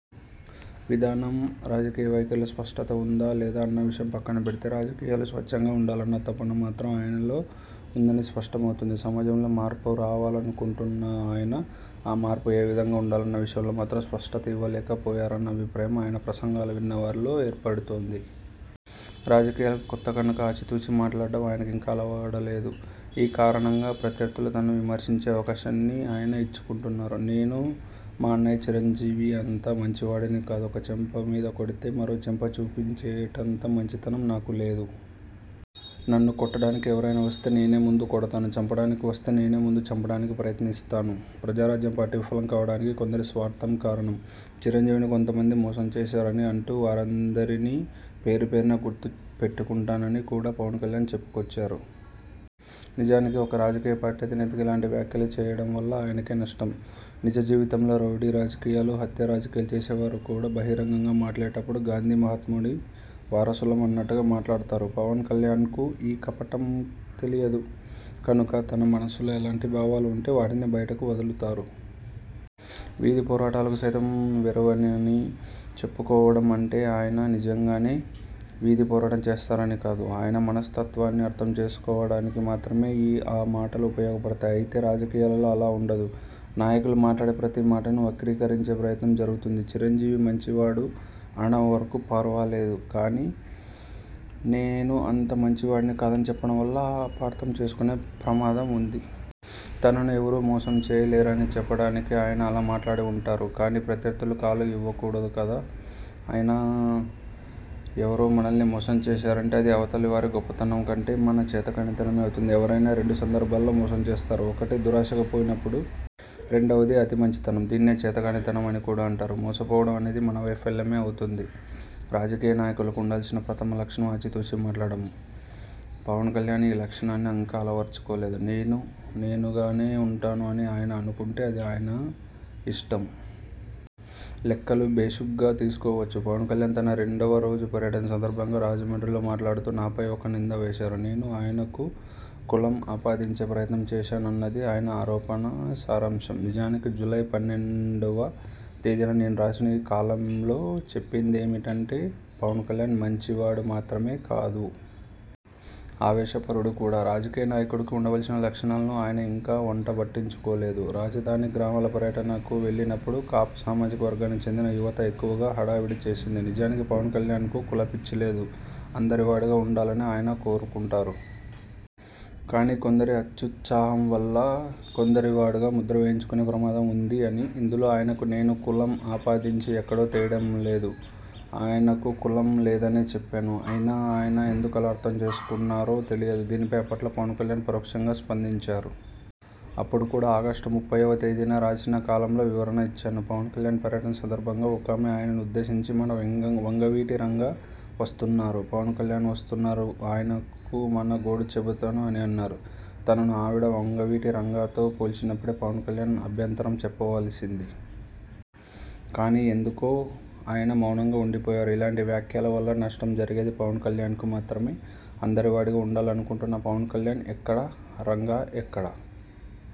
విధానం, రాజకీయ వైఖరిలో స్పష్టత ఉందా? లేదా? అన్న విషయం పక్కన పెడితే, రాజకీయాలు స్వచ్ఛంగా ఉండాలన్న తపన మాత్రం ఆయనలో ఉందని స్పష్టమవుతుంది. సమాజంలో మార్పు రావాలనుకుంటున్న ఆయన ఆ మార్పు ఏ విధంగా ఉండాలన్న విషయంలో మాత్రం స్పష్టత ఇవ్వలేక పోయారన్న అభిప్రాయం ఆయన ప్రసంగాలు విన్న వారిలో ఏర్పడుతుంది. రాజకీయాలకు కొత్త కనుక ఆచి తూచి మాట్లాడటం ఆయనకు ఇంకా అలవడలేదు. ఈ కారణంగా ప్రత్యర్థులు తనను విమర్శించే అవకాశాన్ని ఆయన ఇచ్చుకుంటున్నారు. ''నేను మా అన్నయ్య చిరంజీవి అంత మంచివాడిని కాదు, ఒక చెంప మీద కొడితే మరో చెంప చూపించేటంత మంచితనం నాకు లేదు. నన్ను కొట్టడానికి ఎవరైనా వస్తే నేనే ముందు కొడతాను. చంపడానికి వస్తే నేను ముందు చంపడానికి ప్రయత్నిస్తాను. ప్రజారాజ్యం పార్టీ విఫలం కావడానికి కొందరి స్వార్థం కారణం. చిరంజీవిని కొంతమంది మోసం చేశారు'' అని అంటూ వారందరినీ పేరు పేరునా గుర్తు పెట్టుకుంటానని కూడా పవన్ కల్యాణ్ చెప్పుకొచ్చారు. నిజానికి ఒక రాజకీయ పార్టీ అధినేతగా ఇలాంటి వ్యాఖ్యలు చేయడం వల్ల ఆయనకే నష్టం. నిజ జీవితంలో రౌడీ రాజకీయాలు, హత్యా రాజకీయాలు చేసేవారు కూడా బహిరంగంగా మాట్లాడేటప్పుడు గాంధీ మహాత్ముడి వారసులం అన్నట్టుగా మాట్లాడతారు. పవన్ కల్యాణ్కు ఈ కపటం తెలియదు కనుక తన మనస్సులో ఎలాంటి భావాలు ఉంటే వాటినే బయటకు వదులుతారు. వీధి పోరాటాలకు సైతం వెరవనని చెప్పుకోవడం అంటే ఆయన నిజంగానే వీధి పోరాటం చేస్తారని కాదు. ఆయన మనస్తత్వాన్ని అర్థం చేసుకోవడానికి మాత్రమే ఈ ఆ మాటలు ఉపయోగపడతాయి. అయితే రాజకీయాలలో అలా ఉండదు. నాయకులు మాట్లాడే ప్రతీ మాటను వక్రీకరించే ప్రయత్నం జరుగుతుంది. చిరంజీవి మంచివాడు అనే వరకు ఫర్వాలేదు కానీ, నేను అంత మంచివాడిని కాదని చెప్పడం వల్ల అపార్థం చేసుకునే ప్రమాదం ఉంది. తనను ఎవరూ మోసం చేయలేరని చెప్పడానికి ఆయన అలా మాట్లాడి ఉంటారు. కానీ ప్రత్యర్థులకు కాలు ఇవ్వకూడదు కదా! అయినా ఎవరో మనల్ని మోసం చేశారంటే అది అవతలివారి గొప్పతనం కంటే మన చేతకానితనమే అవుతుంది. ఎవరైనా రెండు సందర్భాలలో మోసం చేస్తారు. ఒకటి, దురాశకు పోయినప్పుడు. రెండవది, అతి మంచితనం. దీన్నే చేతకానితనం అని కూడా అంటారు. మోసపోవడం అనేది మన వైఫల్యమే అవుతుంది. రాజకీయ నాయకులకు ఉండాల్సిన ప్రథమ లక్షణం ఆచి తూచి మాట్లాడటం! పవన్ కల్యాణ్ ఈ లక్షణాన్ని ఇంకా అలవర్చుకోలేదు. నేను నేనుగానే ఉంటాను అని ఆయన అనుకుంటే అది ఆయన ఇష్టం! లెక్కలు భేషుగ్గా తీసుకోవచ్చు! పవన్ కల్యాణ్ తన రెండవ రోజు పర్యటన సందర్భంగా రాజమండ్రిలో మాట్లాడుతూ, నాపై ఒక నింద వేశారు. నేను ఆయనకు కులం ఆపాదించే ప్రయత్నం చేశానన్నది ఆయన ఆరోపణ సారాంశం. నిజానికి జూలై పన్నెండువ తేదీన నేను రాసిన ఈ కాలమ్లో చెప్పిందేమిటంటే, ''పవన్ కల్యాణ్ మంచివాడు మాత్రమే కాదు. ఆవేశపరుడు కూడా. రాజకీయ నాయకుడికి ఉండవలసిన లక్షణాలను ఆయన ఇంకా వంట బట్టించుకోలేదు. రాజధాని గ్రామాల పర్యటనకు వెళ్లినప్పుడు కాపు సామాజిక వర్గానికి చెందిన యువత ఎక్కువగా హడావుడి చేసింది. నిజానికి పవన్ కల్యాణ్కు కుల పిచ్చి లేదు. అందరి వాడుగా ఉండాలనే ఆయన కోరుకుంటారు. కానీ కొందరి అత్యుత్సాహం వల్ల కొందరి వాడుగా ముద్ర వేయించుకునే ప్రమాదం ఉంది అని! ఇందులో ఆయనకు నేను కులం ఆపాదించి ఎక్కడో తెయడం లేదు. ఆయనకు కులం లేదనే చెప్పాను. అయినా ఆయన ఎందుకు అలా అర్థం చేసుకున్నారో తెలియదు. దీనిపై అప్పట్లోనే పవన్ కల్యాణ్ పరోక్షంగా స్పందించారు. అప్పుడు కూడా, ఆగస్టు ముప్పైవ తేదీన రాసిన కాలమ్లో వివరణ ఇచ్చాను. ''పవన్ కల్యాణ్ పర్యటన సందర్భంగా ఒకామె ఆయనను ఉద్దేశించి, 'మన వంగవీటి రంగా వస్తున్నారు. పవన్ కల్యాణ్ వస్తున్నారు. ఆయనకు మన గోడు చెబుతాను' అని అన్నారు. తనను ఆవిడ వంగవీటి రంగాతో పోల్చినప్పుడే పవన్ కల్యాణ్ అభ్యంతరం చెప్పవలసింది. కానీ ఎందుకో ఆయన మౌనంగా ఉండిపోయారు. ఇలాంటి వ్యాఖ్యల వల్ల నష్టం జరిగేది పవన్ కల్యాణ్కు మాత్రమే! అందరి వాడిగా ఉండాలనుకుంటున్న పవన్ కల్యాణ్ ఎక్కడ? రంగా ఎక్కడ?